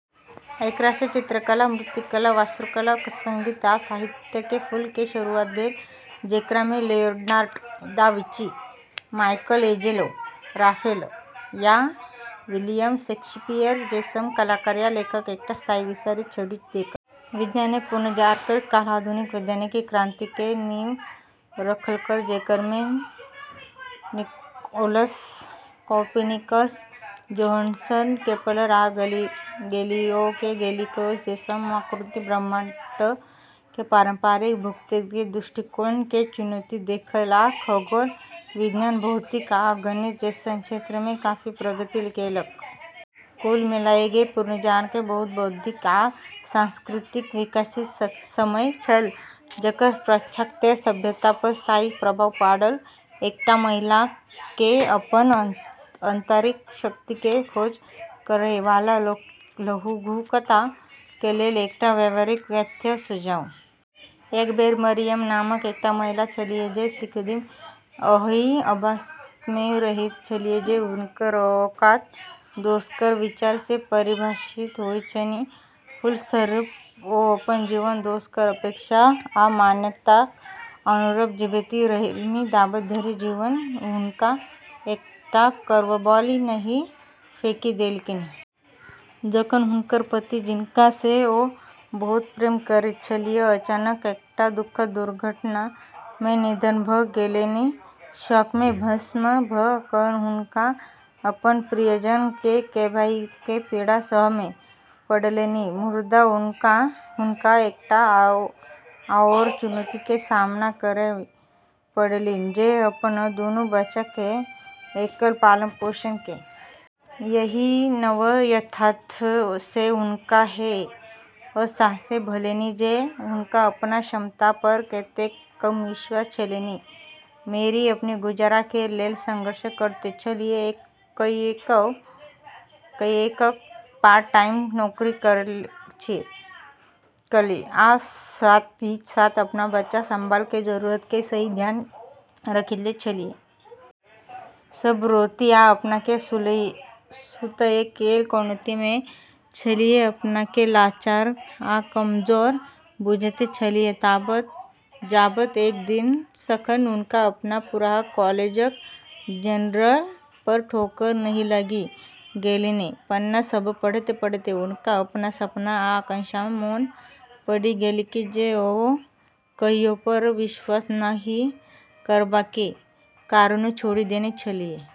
एकरा सँ चित्रकला, मूर्तिकला, वास्तुकला, संगीत, आ साहित्य के फूल के शुरुआत भेल, जेकरा मे Leonardo da Vinci, Michelangelo, Raphael, आ विलियम शेक्सपियर जैसन कलाकार आ लेखक एकटा स्थायी विरासत छोड़ि देलक। विज्ञान मे पुनर्जागरण काल आधुनिक वैज्ञानिक क्रांति के नींव रखलक, जेकरा मे निकोलस कोपर्निकस, जोहानस केपलर, आ गैलिलियो गैलिली जैसन आकृति ब्रह्मांड के पारंपरिक भूकेंद्रित दृष्टिकोण के चुनौती देलक आ खगोल विज्ञान, भौतिकी, आ गणित जैसन क्षेत्र मे काफी प्रगति केलक। कुल मिला कए पुनर्जागरण बहुत बौद्धिक आ सांस्कृतिक विकासक समय छल, जकर पाश्चात्य सभ्यता पर स्थायी प्रभाव पड़ल। एकटा महिला के अपन आंतरिक-शक्ति के खोज करय वाला लघुकथा के लेल एकटा व्यावहारिक कथ्य सुझाउ। एक बेर मरियम नामक एकटा महिला छलीह जे सदिखन एहि आभास मे रहैत छलीह जे हुनकर औकात दोसरक विचार सँ परिभाषित होइत छनि। फलस्वरूप, ओ अपन जीवन दोसरक अपेक्षा आ मान्यताक अनुरूप जीबैत रहलीह, जाबत धरि जीवन हुनका एकटा कर्वबॉल नहि फेकि देलकनि। जखन हुनकर पति, जिनका सँ ओ बहुत प्रेम करैत छलीह, अचानक एकटा दुखद दुर्घटना मे निधन भ' गेलनि। शोक मे भस्म भ' क' हुनका अपन प्रियजन केँ गंवाबय के पीड़ा सहय पड़लनि, मुदा हुनका एकटा आओर चुनौती के सामना करय पड़लनि, जे अपन दुनू बच्चा के एकल पालन-पोषण के। एहि नव यथार्थ सँ हुनका ई अहसास भेलनि जे हुनका अपन क्षमता पर कतेक कम विश्वास छलनि। मैरी अपन गुजारा करै लेल संघर्ष करैत छलीह, कईएक पार्ट टाइम नौकरी करैत छलीह आ साथ ही साथ अपन बच्चा सभ के जरूरत के सेहो ध्यान रखैत छलीह। सब राति ओ अपना केँ सुतय लेल कानैत छलीह, अपना केँ लाचार आ कमजोर बुझैत छलीह, जाबत एक दिन, जखन हुनका अपन पुरान कॉलेजक जर्नल पर ठोकर नहि लागि गेलनि। पन्ना सभ पढ़ैत-पढ़ैत हुनका अपन सपना आ आकांक्षा मोन पड़ि गेलनि जे ओ कहियो अपना पर विश्वास नहि करबाक कारणेँ छोड़ि देने छलीह।